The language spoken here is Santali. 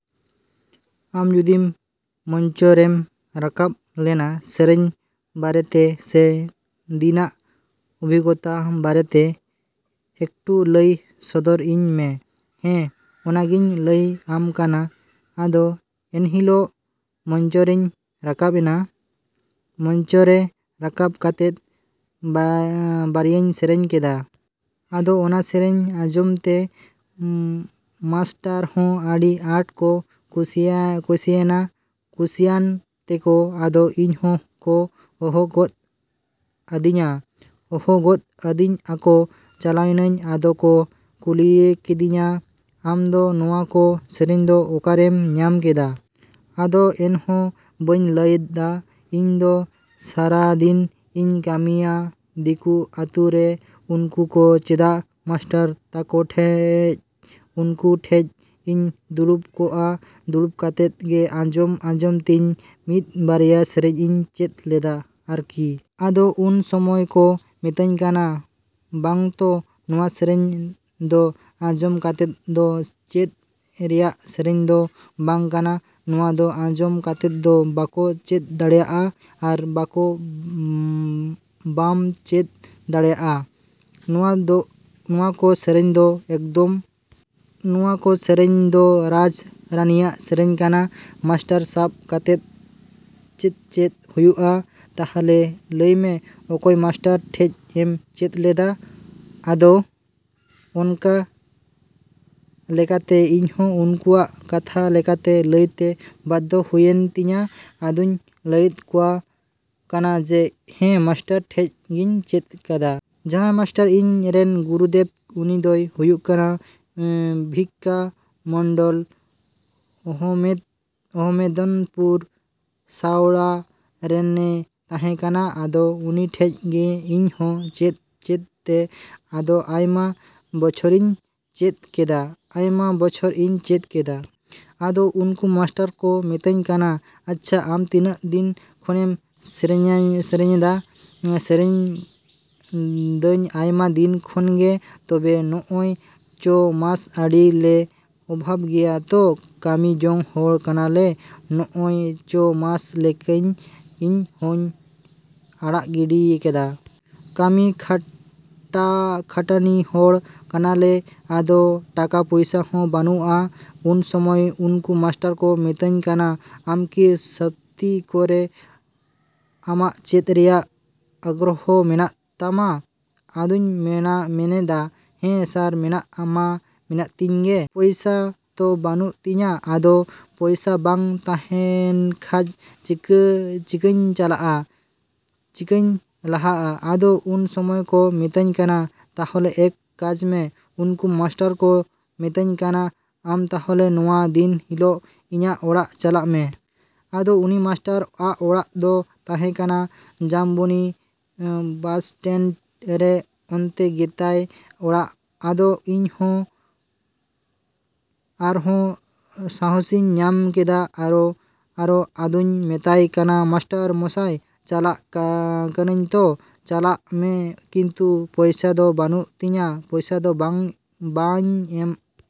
ᱟᱢ ᱡᱮᱫᱤᱱ ᱢᱚᱧᱪᱚ ᱨᱮᱢ ᱨᱟᱠᱟᱵ ᱞᱮᱱᱟ ᱥᱮᱨᱮᱧ ᱵᱟᱨᱮᱛᱮ, ᱥᱮ ᱫᱤᱱᱟᱜ ᱚᱵᱷᱤᱜᱚᱛᱟ ᱵᱟᱨᱮᱛᱮ ᱮᱠᱴᱩ ᱞᱟᱹᱭ ᱥᱚᱫᱚᱨ ᱤᱧ ᱢᱮ᱾ ᱦᱮᱸ, ᱚᱱᱟᱜᱤᱧ ᱞᱟᱹᱭ ᱟᱢ ᱠᱟᱱᱟ᱾ ᱟᱫᱚ ᱮᱱᱦᱤᱞᱳᱜ ᱢᱚᱧᱪᱚᱨᱮᱧ ᱨᱟᱠᱟᱵᱱᱟ᱾ ᱢᱚᱧᱪᱚ ᱨᱮ ᱨᱟᱠᱟᱵᱽ ᱠᱟᱛᱮᱜ ᱵᱟᱨᱭᱟᱧ ᱥᱮᱨᱮᱧ ᱠᱮᱫᱟ᱾ ᱟᱫᱚ ᱚᱱᱟ ᱥᱮᱨᱮᱧ ᱟᱸᱡᱚᱢᱛᱮ ᱢᱟᱥᱴᱟᱨᱦᱚᱸ ᱟᱹᱰᱤ ᱟᱸᱴ ᱠᱚ ᱠᱩᱥᱤᱭᱮᱱᱟ᱾ ᱠᱩᱥᱤᱭᱟᱱ ᱛᱮᱠᱚ ᱟᱫᱚ ᱤᱧ ᱦᱚᱸᱠᱚ ᱦᱚᱦᱚ ᱜᱚᱫ ᱟᱹᱫᱤᱧᱟ᱾ ᱦᱚᱦᱚ ᱜᱚᱫ ᱟᱹᱫᱤᱧ ᱟᱠᱚ, ᱪᱟᱞᱟᱣᱱᱟᱧ᱾ ᱟᱫᱚ ᱠᱚ ᱠᱩᱞᱤᱭᱮ ᱠᱤᱫᱤᱧᱟ, “ᱟᱢ ᱫᱚ ᱱᱚᱣᱟ ᱠᱚ ᱥᱮᱨᱮᱧ ᱫᱚ ᱚᱠᱟᱨᱮᱢ ᱧᱟᱢ ᱠᱮᱫᱟ”? ᱟᱫᱚ ᱮᱱᱦᱚᱸ ᱵᱟᱹᱧ ᱞᱟᱹᱭᱫᱟ᱾ “ᱤᱧᱫᱚ ᱥᱟᱨᱟᱫᱤᱱ ᱤᱧ ᱠᱟᱹᱢᱤᱭᱟ ᱫᱤᱠᱩ ᱟᱹᱛᱩᱨᱮ᱾ ᱩᱱᱠᱩ ᱠᱚ ᱪᱮᱫᱟᱜ ᱢᱟᱥᱴᱟᱨ ᱛᱟᱠᱚ ᱴᱷᱮᱡ, ᱩᱱᱠᱩ ᱴᱷᱮᱡ ᱤᱧ ᱫᱩᱲᱩᱵᱽ ᱠᱚᱜᱼᱟ᱾ ᱫᱩᱲᱩᱵ ᱠᱟᱛᱮᱜ ᱜᱮ ᱟᱸᱡᱚᱢ ᱟᱸᱡᱚᱢ ᱛᱤᱧ ᱢᱤᱫ ᱵᱟᱨᱭᱟ ᱥᱮᱨᱮᱧ ᱤᱧ ᱪᱮᱫ ᱞᱮᱫᱟ ᱟᱨᱠᱤ”᱾ ᱟᱫᱚ ᱩᱱ ᱥᱚᱢᱚᱭ ᱠᱚ ᱢᱮᱛᱤᱧ ᱠᱟᱱᱟ, “ᱵᱟᱝᱛᱚ, ᱱᱚᱣᱟ ᱥᱮᱨᱮᱧ ᱫᱚ ᱟᱸᱡᱚᱢ ᱠᱟᱛᱮᱜ ᱫᱚ ᱪᱮᱫ ᱨᱮᱭᱟᱜ ᱥᱮᱨᱮᱧ ᱫᱚ ᱵᱟᱝ ᱠᱟᱱᱟ᱾ ᱱᱚᱣᱟ ᱫᱚ ᱟᱸᱡᱚᱢ ᱠᱟᱛᱮᱜ ᱫᱚ ᱵᱟᱠᱚ ᱪᱮᱫ ᱫᱟᱲᱮᱭᱟᱜᱼᱟ ᱟᱨ ᱵᱟᱠᱚ ᱵᱟᱢ ᱪᱮᱫ ᱫᱟᱲᱮᱭᱟᱜᱼᱟ ᱱᱚᱣᱟ ᱫᱚ ᱱᱚᱣᱟ ᱠᱚ ᱥᱮᱨᱮᱧ ᱫᱚ ᱮᱠᱫᱚᱢ᱾ ᱱᱚᱣᱟ ᱠᱚ ᱥᱮᱨᱮᱧ ᱫᱚ ᱨᱟᱡ ᱨᱟᱱᱤᱭᱟᱜ ᱥᱮᱨᱮᱧ ᱠᱟᱱᱟ᱾ ᱢᱟᱥᱴᱟᱨ ᱥᱟᱵ ᱠᱟᱛᱮᱜ ᱪᱮᱫ ᱪᱮᱫ ᱦᱩᱭᱩᱜ-ᱟ᱾ ᱛᱟᱦᱞᱮ ᱞᱟᱹᱭᱢᱮ ᱚᱠᱚᱭ ᱢᱟᱥᱴᱟᱨ ᱴᱷᱮᱡ ᱮᱢ ᱪᱮᱫ ᱞᱮᱫᱟ”? ᱟᱫᱚ ᱚᱱᱠᱟ ᱞᱮᱠᱟᱛᱮ ᱤᱧᱦᱚᱸ ᱩᱱᱠᱩᱣᱟᱜ ᱠᱟᱛᱷᱟ ᱞᱮᱠᱟᱛᱮ ᱞᱟᱹᱭᱛᱮ ᱵᱟᱫᱽᱫᱷᱚ ᱦᱩᱭᱮᱱ ᱛᱤᱧᱟ᱾ ᱟᱫᱚᱧ ᱞᱟᱹᱭᱟᱠᱚ ᱠᱟᱱᱟ ᱡᱮ, “ᱦᱮᱸ, ᱢᱟᱥᱴᱟᱨ ᱴᱷᱮᱡ ᱜᱤᱧ ᱪᱮᱫ ᱠᱟᱫᱟ᱾ ᱡᱟᱸᱦᱟᱭ ᱢᱟᱥᱴᱟᱨ ᱤᱧ ᱨᱮᱱ ᱜᱩᱨᱩᱫᱮᱵ, ᱩᱱᱤ ᱫᱚᱭ ᱦᱩᱭᱩᱜ ᱠᱟᱱᱟ ᱵᱷᱤᱠᱠᱟ ᱢᱚᱱᱰᱚᱞ, ᱚᱦᱚᱢᱮᱫ ᱟᱦᱚᱢᱮᱫᱱᱯᱩᱨ ᱥᱟᱣᱲᱟ ᱨᱮᱱᱮ ᱛᱟᱸᱦᱮ ᱠᱟᱱᱟ᱾ ᱟᱫᱚ ᱩᱱᱤ ᱴᱷᱮᱡ ᱜᱮ ᱤᱧᱦᱚᱸ ᱪᱮᱫ ᱪᱮᱫᱛᱮ ᱟᱫᱚ ᱟᱭᱢᱟ ᱵᱚᱪᱷᱚᱨᱤᱧ ᱪᱮᱫ ᱠᱮᱫᱟ”᱾ ᱟᱭᱢᱟ ᱵᱚᱪᱷᱚᱨ ᱤᱧ ᱪᱮᱫ ᱠᱮᱫᱟ᱾ ᱟᱫᱚ ᱩᱱᱠᱩ ᱢᱟᱥᱴᱟᱨ ᱠᱚ ᱢᱤᱛᱟᱹᱧ ᱠᱟᱱᱟ, “ᱟᱪᱪᱷᱟ, ᱟᱢ ᱛᱤᱱᱟᱹᱜ ᱫᱤᱱ ᱠᱷᱚᱱᱮᱢ ᱥᱮᱨᱮᱧᱤᱧ ᱥᱮᱨᱮᱧᱮᱫᱟ”? “ᱥᱮᱨᱮᱧ ᱫᱟᱹᱧ ᱟᱭᱢᱟ ᱫᱤᱱ ᱠᱷᱚᱱᱜᱮ᱾ ᱛᱚᱵᱮ ᱱᱚᱜ-ᱚᱭ ᱪᱷᱚ ᱢᱟᱥ ᱟᱹᱰᱤᱞᱮ ᱚᱵᱷᱟᱵ ᱜᱮᱭᱟ ᱛᱚ, ᱠᱟᱹᱢᱤ ᱡᱚᱝ ᱦᱚᱲ ᱠᱟᱱᱟᱞᱮ᱾ ᱱᱚᱜ ᱚᱭ ᱪᱷᱚ ᱢᱟᱥ ᱞᱮᱠᱟᱧ ᱤᱧ ᱦᱚᱧ ᱟᱲᱟᱜ ᱜᱤᱰᱤᱭ ᱠᱟᱫᱟ᱾ ᱠᱟᱹᱢᱤ ᱠᱷᱟᱴᱟ ᱠᱷᱟᱴᱱᱤ ᱦᱚᱲ ᱠᱟᱱᱟᱞᱮ᱾ ᱟᱫᱚ ᱴᱟᱠᱟ ᱯᱚᱭᱥᱟ ᱦᱚᱸ ᱵᱟᱹᱱᱩᱜ-ᱟ”᱾ ᱩᱱ ᱥᱚᱢᱚᱭ ᱩᱱᱠᱩ ᱢᱟᱥᱴᱟᱨ ᱠᱚ ᱢᱤᱛᱟᱹᱧ ᱠᱟᱱᱟ, “ᱟᱢᱠᱤ ᱥᱚᱛᱛᱤ ᱠᱚᱨᱮ ᱟᱢᱟᱜ ᱪᱮᱫ ᱨᱮᱭᱟᱜ ᱟᱜᱽᱨᱚᱦᱚᱸ ᱢᱮᱱᱟᱜ ᱛᱟᱢᱟ”? ᱟᱫᱚᱧ ᱢᱮᱱᱫᱟ, “ᱦᱮᱸ ᱥᱟᱨ, ᱢᱮᱱᱟᱜ ᱢᱟ ᱢᱮᱱᱟᱜ ᱛᱤᱧ ᱜᱮ᱾ ᱯᱚᱭᱥᱟ ᱛᱚ ᱵᱟᱹᱱᱩᱜ ᱛᱤᱧᱟ”᱾ ᱟᱫᱚ, “ᱯᱚᱭᱥᱟ ᱵᱟᱝ ᱛᱟᱸᱦᱮᱱ ᱠᱷᱟᱡ ᱪᱤᱠᱟᱹ ᱪᱤᱠᱟᱧ ᱪᱟᱞᱟᱜ-ᱟ? ᱪᱤᱠᱟᱹᱧ ᱞᱟᱦᱟᱜ-ᱟ”? ᱟᱫᱚ ᱩᱱ ᱥᱚᱢᱚᱭ ᱠᱚ ᱢᱤᱛᱟᱹᱧ ᱠᱟᱱᱟ, “ᱛᱟᱦᱞᱮ ᱮᱠ ᱠᱟᱡᱢᱮ”, ᱩᱱᱠᱩ ᱢᱟᱥᱴᱟᱨ ᱠᱚ ᱢᱮᱛᱟᱹᱧ ᱠᱟᱱᱟ, “ᱟᱢ ᱛᱟᱦᱞᱮ ᱱᱚᱣᱟ ᱫᱤᱱ ᱦᱤᱞᱳᱜ ᱤᱧᱟᱹᱜ ᱚᱲᱟᱜ ᱪᱟᱞᱟᱜ ᱢᱮ”᱾ ᱟᱫᱚ ᱩᱱᱤ ᱢᱟᱥᱴᱟᱨ ᱟᱜ ᱚᱲᱟᱜ ᱫᱚ ᱛᱟᱸᱦᱮ ᱠᱟᱱᱟ ᱡᱟᱢᱵᱚᱱᱤ ᱵᱟᱥᱴᱮᱱᱰᱨᱮ᱾ ᱚᱱᱛᱮ ᱜᱮᱛᱟᱭ ᱚᱲᱟᱜ᱾ ᱟᱫᱚ ᱤᱧᱦᱚᱸ ᱟᱨᱦᱚᱸ ᱥᱟᱦᱚᱥᱤᱧ ᱧᱟᱢ ᱠᱮᱫᱟ᱾ ᱟᱨᱚ ᱟᱫᱚᱧ ᱢᱮᱛᱟᱭ ᱠᱟᱱᱟ, ᱢᱟᱥᱴᱟᱨ ᱢᱚᱥᱟᱭ, ᱪᱟᱞᱟᱜ ᱠᱟᱱᱟᱧ ᱛᱚ? “ᱪᱟᱞᱟᱜ ᱢᱮ᱾ ᱠᱤᱱᱛᱩ ᱯᱚᱭᱥᱟ ᱛᱚ ᱵᱟᱹᱱᱩᱜ ᱛᱤᱧᱟᱹ᱾ ᱯᱚᱭᱥᱟ ᱫᱚ ᱵᱟᱹᱧ ᱮᱢ”